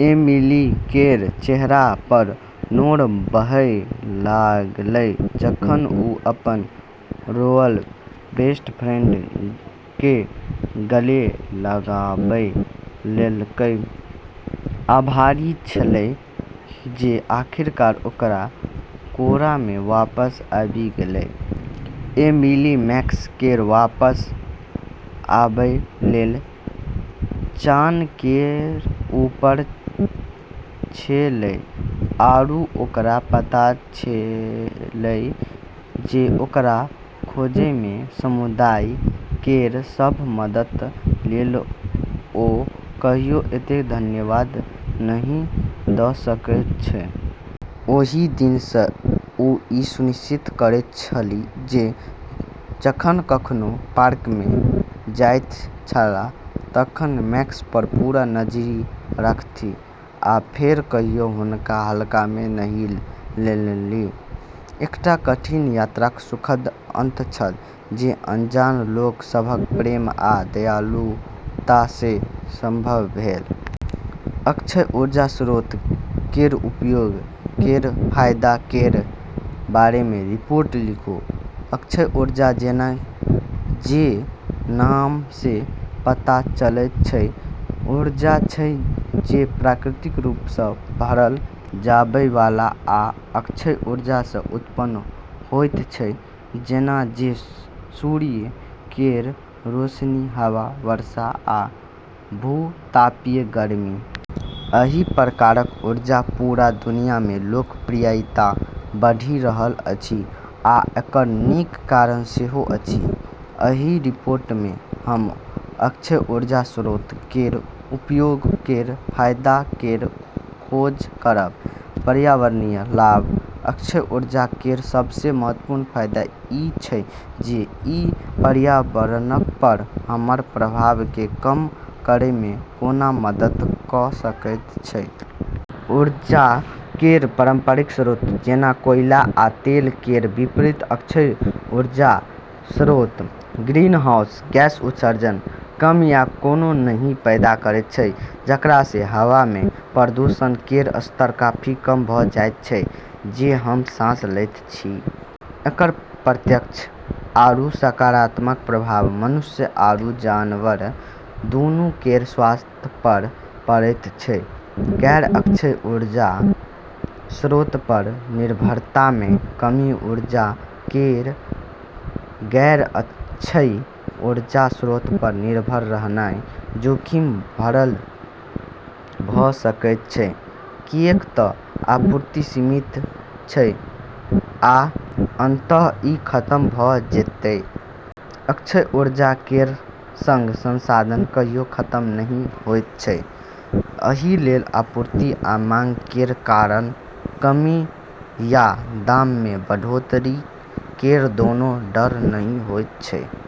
Emily केर चेहरापर नोर बहै लागलै, जखन ओ अपन रोअल बेस्ट फ्रेंडकेँ गले लगाबै लेलकै, आभारी छेलै जे आखिरकार ओकरा कोरामे वापस आबि गेलै। एमिली मैक्स केर वापस आबै लेल चान केर ऊपर छेलै, आरू ओकरा पता छेलै जे ओकरा खोजैमे समुदाय केर सभ मदद लेल ओ कहियो एतेक धन्यवाद नहि दऽ सकैत छै। ओहि दिनसँ ओ ई सुनिश्चित करैत छलीह जे जखन कखनो पार्कमे जाइत छलाह तखन मैक्सपर पूरा नजरि राखथि, आ फेर कहियो हुनका हल्कामे नहि लेलनि। एकटा कठिन यात्राक सुखद अंत छल, जे अनजान लोक सभक प्रेम आ दयालुतासँ संभव भेल। अक्षय ऊर्जा स्रोत केर उपयोग केर फायदा केर बारेमे रिपोर्ट लिखू। अक्षय ऊर्जा, जेना जे नामसँ पता चलैत छै, ऊर्जा छै जे प्राकृतिक रूपसँ भरल जाबैवाला, या अक्षय ऊर्जासँ उत्पन्न होइत छै, जेना जे सूर्य केर रोशनी, हवा, वर्षा, आ भू-तापीय गर्मी। एहि प्रकारक ऊर्जा पूरा दुनियामे लोकप्रियता बढ़ि रहल अछि आ एकर नीक कारण सेहो अछि। एहि रिपोर्टमे हम अक्षय ऊर्जा स्रोत केर उपयोग केर फायदा केर खोज करब। पर्यावरणीय लाभ: अक्षय ऊर्जा केर सबसँ महत्वपूर्ण फायदा ई छै जे ई पर्यावरणपर हमर प्रभावकेँ कम करैमे कोना मदद कऽ सकैत छै। ऊर्जा केर पारंपरिक स्रोत, जेना कोयला आ तेल केर विपरीत, अक्षय ऊर्जा स्रोत ग्रीनहाउस गैस उत्सर्जन कम या कोनो नहि पैदा करैत छै, जेकरासँ हवामे प्रदूषण केर स्तर काफी कम भऽ जाइत छै जे हम सांस लैत छी। एकर प्रत्यक्ष आरू सकारात्मक प्रभाव मनुष्य आरू जनावर दूनू केर स्वास्थ्यपर पड़ैत छै। गैर-अक्षय ऊर्जा स्रोतपर निर्भरतामे कमी: ऊर्जा केर गैर-अक्षय ऊर्जा स्रोतपर निर्भर रहनाइ जोखिम भरल भऽ सकैत छै, किऐक तऽ आपूर्ति सीमित छै आ अंततः ई खतम भऽ जेतै। अक्षय ऊर्जा केर संग संसाधन कहियो खतम नहि होइत छै, एहि लेल आपूर्ति आ माँग केर कारण कमी या दाममे बढ़ोतरी केर कोनो डर नहि होइत छै।